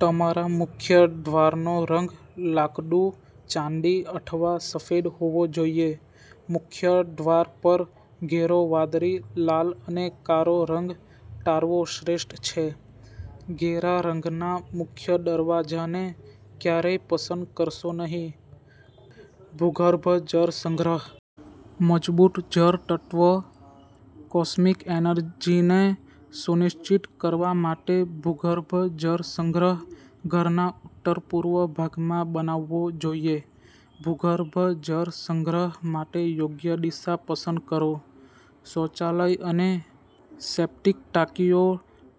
તમારા મુખ્ય દ્વારનો રંગ લાકડું, ચાંદી અથવા સફેદ હોવો જોઈએ. મુખ્ય દ્વાર પર ઘેરો વાદળી, લાલ અને કાળો રંગ ટાળવો શ્રેષ્ઠ છે. ઘેરા રંગના મુખ્ય દરવાજાને ક્યારેય પસંદ કરશો નહીં. ભૂગર્ભ જળ સંગ્રહ. મજબૂત જળ તત્વ કોસ્મિક એનર્જીને સુનિશ્ચિત કરવા માટે, ભૂગર્ભ જળ સંગ્રહ ઘરના ઉત્તર પૂર્વ ભાગમાં બનાવવો જોઈએ. ભૂગર્ભ જળ સંગ્રહ માટે યોગ્ય દિશા પસંદ કરો. શૌચાલય અને સેપ્ટિક ટાંકીઓ.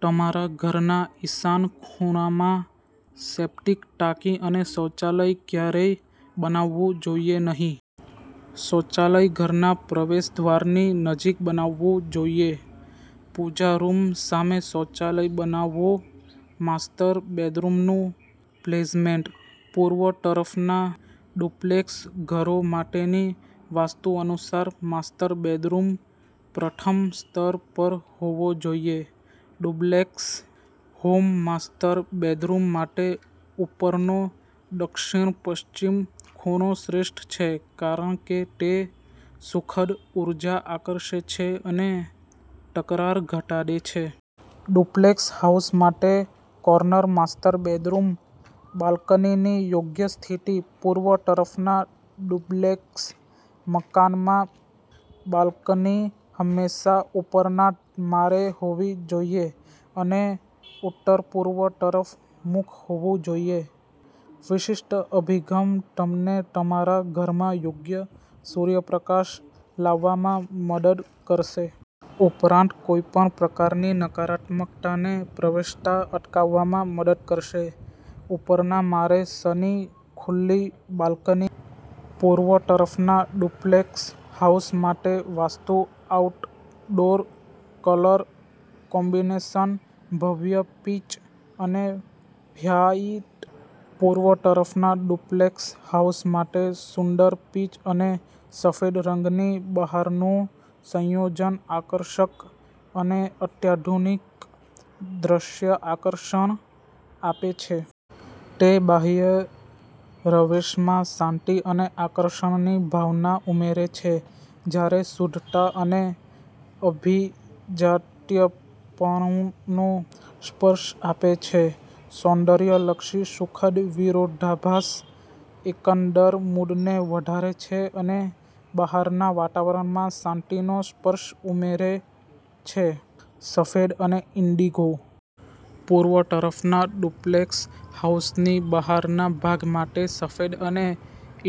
તમારા ઘરના ઈશાન ખૂણામાં સેપ્ટિક ટાંકી અને શૌચાલય ક્યારેય બનાવવું જોઈએ નહીં. શૌચાલય ઘરના પ્રવેશદ્વારની નજીક બનાવવું જોઈએ. પૂજા રૂમ પાસે શૌચાલય બનાવો. માસ્ટર બેડરૂમનું પ્લેસમેન્ટ. પૂર્વ તરફના ડુપ્લેક્સ ઘરો માટેની વાસ્તુ અનુસાર, માસ્ટર બેડરૂમ પ્રથમ સ્તર પર હોવો જોઈએ. ડુપ્લેક્સ હોમ માસ્ટર બેડરૂમ માટે ઉપરનો દક્ષિણપશ્ચિમ ખૂણો શ્રેષ્ઠ છે કારણ કે તે સુખદ ઊર્જા આકર્ષે છે અને તકરાર ઘટાડે છે. ડુપ્લેક્સ હાઉસ માટે કોર્નર માસ્ટર બેડરૂમ. બાલ્કનીની યોગ્ય સ્થિતિ. પૂર્વ તરફના ડુપ્લેક્સ મકાનમાં, બાલ્કની હંમેશા ઉપરના માળે હોવી જોઈએ અને ઉત્તરપૂર્વ તરફ મુખ હોવું જોઈએ. વિશિષ્ટ અભિગમ તમને તમારા ઘરમાં યોગ્ય સૂર્યપ્રકાશ લાવવામાં મદદ કરશે. ઉપરાંત, કોઈપણ પ્રકારની નકારાત્મકતાને પ્રવેશતા અટકાવવામાં મદદ કરશે. ઉપરના માળે સની ખુલ્લી બાલ્કની. પૂર્વ તરફના ડુપ્લેક્સ હાઉસ માટે વાસ્તુ આઉટડોર કલર કોમ્બિનેશન. ભવ્ય પીચ અને વ્હાઇટ. પૂર્વ તરફના ડુપ્લેક્સ હાઉસ માટે, સુંદર પીચ અને સફેદ રંગની બહારનું સંયોજન આકર્ષક અને અત્યાધુનિક દ્રશ્ય આકર્ષણ આપે છે. તે બાહ્ય રવેશમાં શાંતિ અને આકર્ષણની ભાવના ઉમેરે છે જ્યારે શુદ્ધતા અને અભિજાત્યપણુનો સ્પર્શ આપે છે. સૌંદર્યલક્ષી સુખદ વિરોધાભાસ એકંદર મૂડને વધારે છે અને બહારના વાતાવરણમાં શાંતિનો સ્પર્શ ઉમેરે છે. સફેદ અને ઈન્ડિગો. પૂર્વ તરફના ડુપ્લેક્સ હાઉસની બહારના ભાગ માટે સફેદ અને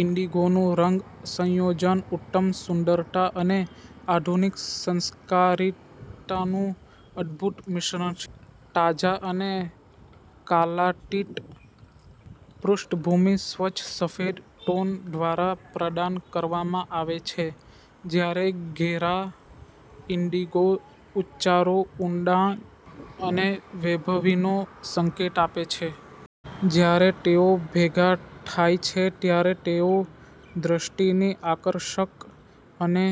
ઈન્ડિગોનું રંગ સંયોજન ઉત્તમ સુંદરતા અને આધુનિક સંસ્કારિતાનું અદ્ભુત મિશ્રણ છે. તાજા અને કાલાતીત પૃષ્ઠભૂમિ સ્વચ્છ સફેદ ટોન દ્વારા પ્રદાન કરવામાં આવે છે, જ્યારે ઘેરા ઈન્ડિગો ઉચ્ચારો ઊંડાઈ અને વૈભવીનો સંકેત આપે છે. જ્યારે તેઓ ભેગા થાય છે ત્યારે તેઓ દૃષ્ટિની આકર્ષક અને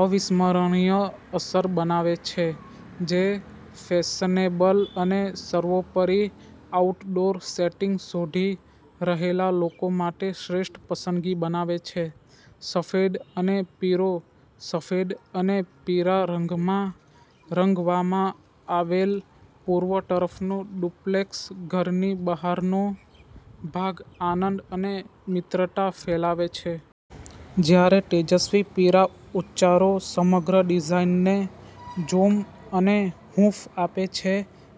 અવિસ્મરણીય અસર બનાવે છે, જે ફેશનેબલ અને સર્વોપરી આઉટડોર સેટિંગ શોધી રહેલા લોકો માટે શ્રેષ્ઠ પસંદગી બનાવે છે. સફેદ અને પીળો. સફેદ અને પીળા રંગમાં રંગવામાં આવેલ પૂર્વ તરફનું ડુપ્લેક્સ ઘરની બહારનો ભાગ આનંદ અને મિત્રતા ફેલાવે છે. જ્યારે તેજસ્વી પીળા ઉચ્ચારો સમગ્ર ડિઝાઇનને જોમ અને હૂંફ આપે છે,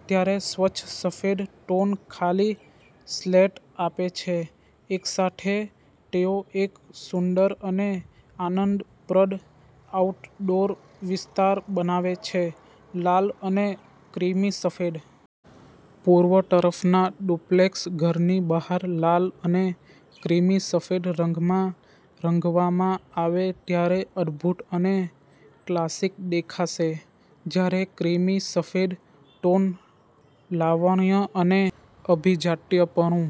ત્યારે સ્વચ્છ સફેદ ટોન ખાલી સ્લેટ આપે છે. એકસાથે, તેઓ એક સુંદર અને આનંદપ્રદ આઉટડોર વિસ્તાર બનાવે છે. લાલ અને ક્રીમી સફેદ. પૂર્વ તરફના ડુપ્લેક્સ ઘરની બહાર લાલ અને ક્રીમી સફેદ રંગમાં રંગવામાં આવે ત્યારે અદભૂત અને ક્લાસિક દેખાશે. જ્યારે ક્રીમી સફેદ ટોન લાવણ્ય અને અભિજાત્યપણુ